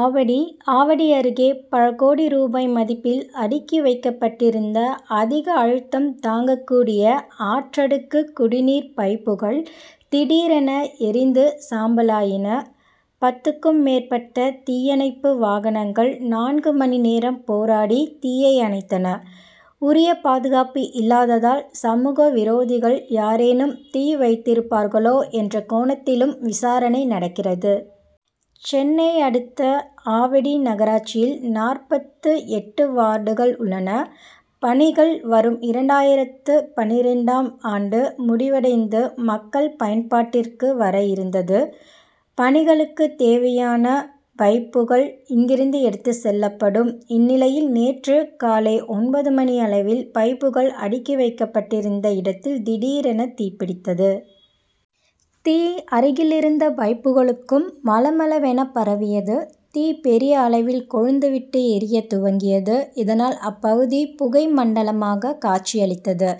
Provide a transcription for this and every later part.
ஆவடி ஆவடி அருகே பல கோடி ரூபாய் மதிப்பில் அடுக்கி வைக்கப்பட்டிந்த அதிக அழுத்தம் தாங்கக் கூடிய ஆற்றடுக்கு குடிநீர் பைப்புகள் திடீரென எரிந்து சாம்பலாயின. பத்துக்கும் மேற்பட்ட தீயணைப்பு வாகனங்கள் நான்கு மணி நேரம் போராடி தீயை அணைத்தன. உரிய பாதுகாப்பு இல்லாதாதல், சமூக விரோதிகள் யாரேனும் தீ வைத்திருப்பார்களோ என்ற கோணத்திலும் விசாரணை நடக்கிறது. சென்னை அடுத்த ஆவடி நகராட்சியில் நாற்பத்து எட்டு வார்டுகள் உள்ளன. பணிகள், வரும் இரண்டாயிரத்து பன்னிரண்டு ம் ஆண்டு முடிவடைந்து மக்கள் பயன்பாட்டிற்கு வர இருந்தது. பணிகளுக்குத் தேவையான பைப்புகள் இங்கிருந்து எடுத்துச் செல்லப்படும். இந்நிலையில், நேற்று காலை ஒன்பது மணி அளவில், பைப்புகள் அடுக்கி வைக்கப்பட்டிருந்த இடத்தில் திடீரென தீப்பிடித்தது. தீ, அருகில் இருந்த பைப்புகளுக்கும் மளமள'வென பரவியது. தீ பெரிய அளவில் கொழுந்து விட்டு எரியத் துவங்கியது. இதனால், அப்பகுதி புகை மண்டலமாக காட்சியளித்தது.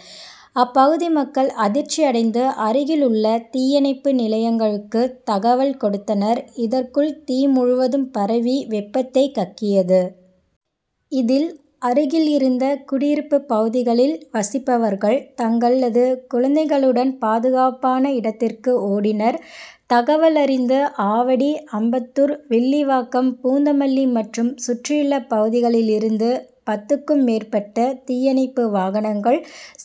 அப்பகுதி மக்கள் அதிர்ச்சி அடைந்து அருகில் உள்ள தீயணைப்பு நிலையங் களுக்கு தகவல் கொடுத்தனர். இதற்குள் தீ முழுவதும் பரவி வெப்பத்தை கக்கியது. இதில், அருகில் இருந்த குடியிருப்பு பகுதிகளில் வசிப்பவர்கள் தங்களது குழந்தைகளுடன் பாதுகாப்பான இடத்திற்கு ஓடினர். தகவலறிந்து ஆவடி, அம்பத்தூர், வில்லிவாக்கம், பூந்தமல்லி மற்றும் சுற்றியுள்ள பகுதிகளில் இருந்து பத்துக்கும் மேற்பட்ட தீயணைப்பு வாகனங்கள்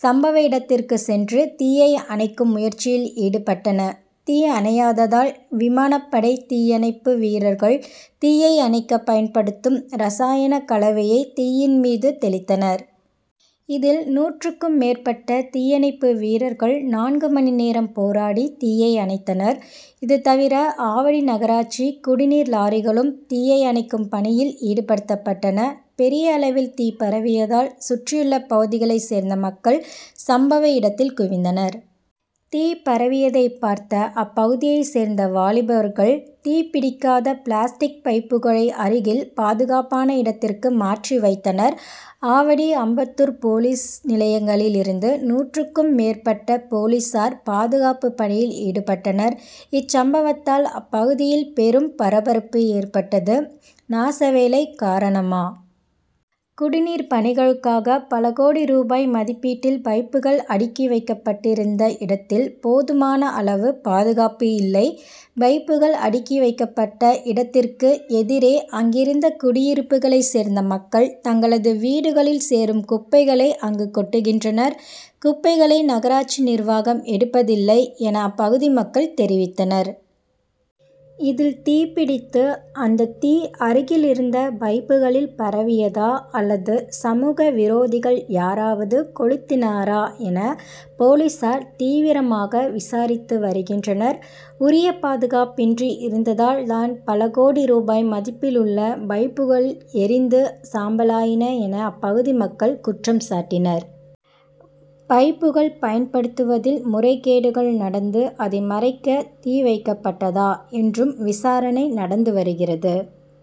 சம்பவ இடத்திற்குச் சென்று, தீயை அணைக்கும் முயற்சியில் ஈடுபட்டன. தீ அணையாததால், விமானப்படை தீயணைப்பு வீரர்கள் தீயை அணைக்க பயன்படுத்தும் ரசாயனக் கலவையை, தீயின் மீது தெளித்தனர். இதில், நூறுக்கும் மேற்பட்ட தீயணைப்பு வீரர்கள் நான்கு மணி நேரம் போராடி தீயை அணைத்தனர். இது தவிர, ஆவடி நகராட்சி குடிநீர் லாரிகளும் தீயை அணைக்கும் பணியில் ஈடுபடுத்தப் பட்டன. பெரிய அளவில் தீ பரவியதால் சுற்றியுள்ள பகுதிகளைச் சேர்ந்த மக்கள், சம்பவ இடத்தில் குவிந்தனர். தீ பரவியதை பார்த்த அப்பகுதியைச் சேர்ந்த வாலிபர்கள், தீ பிடிக்காத பிளாஸ்டிக் பைப்புகளை அருகில் பாதுகாப்பான இடத்திற்கு மாற்றி வைத்தனர். ஆவடி, அம்பத்தூர் போலீஸ் நிலையங்களில் இருந்து நூறுக்கும் மேற்பட்ட போலீசார் பாதுகாப்பு பணியில் ஈடுபட்டனர். இச்சம்பவத்தால் அப்பகுதியில் பெரும் பரபரப்பு ஏற்பட்டது. நாசவேலை காரணமா? குடிநீர் பணிகளுக்காக பலகோடி ரூபாய் மதிப்பீட்டில் பைப்கள் அடுக்கி வைக்கப் பட்டிருந்த இடத்தில் போதுமான அளவு பாதுகாப்பு இல்லை. பைப்புகள் அடுக்கி வைக்கப் பட்ட இடத்திற்கு எதிரே அங்கிருந்த குடியிருப்புகளைச் சேர்ந்த மக்கள் தங்களது வீடுகளில் சேரும் குப்பைகளை அங்கு கொட்டுகின்றனர். குப்பைகளை நகராட்சி நிர்வாகம் எடுப்பதில்லை என, அப்பகுதி மக்கள் தெரிவித்தனர். இதில் தீப்பிடித்து, அந்த தீ அருகில் இருந்த பைப்புகளில் பரவியதா அல்லது சமூக விரோதிகள் யாராவது கொளுத்தினரா என, போலீசார் தீவிரமாக விசாரித்து வருகின்றனர். உரிய பாதுகாப்பின்றி இருந்ததால் தான் பலகோடி ரூபாய் மதிப்பில் உள்ள பைப்புகளை எரிந்து சாம்பலாயின என அப்பகுதி மக்கள் குற்றம் சாட்டினர். பைப்புகள் பயன்படுத்துவதில் முறைகேடுகள் நடந்து, அதை மறைக்க தீ வைக்கப்பட்டதா? என்றும் விசாரணை நடந்து வருகிறது.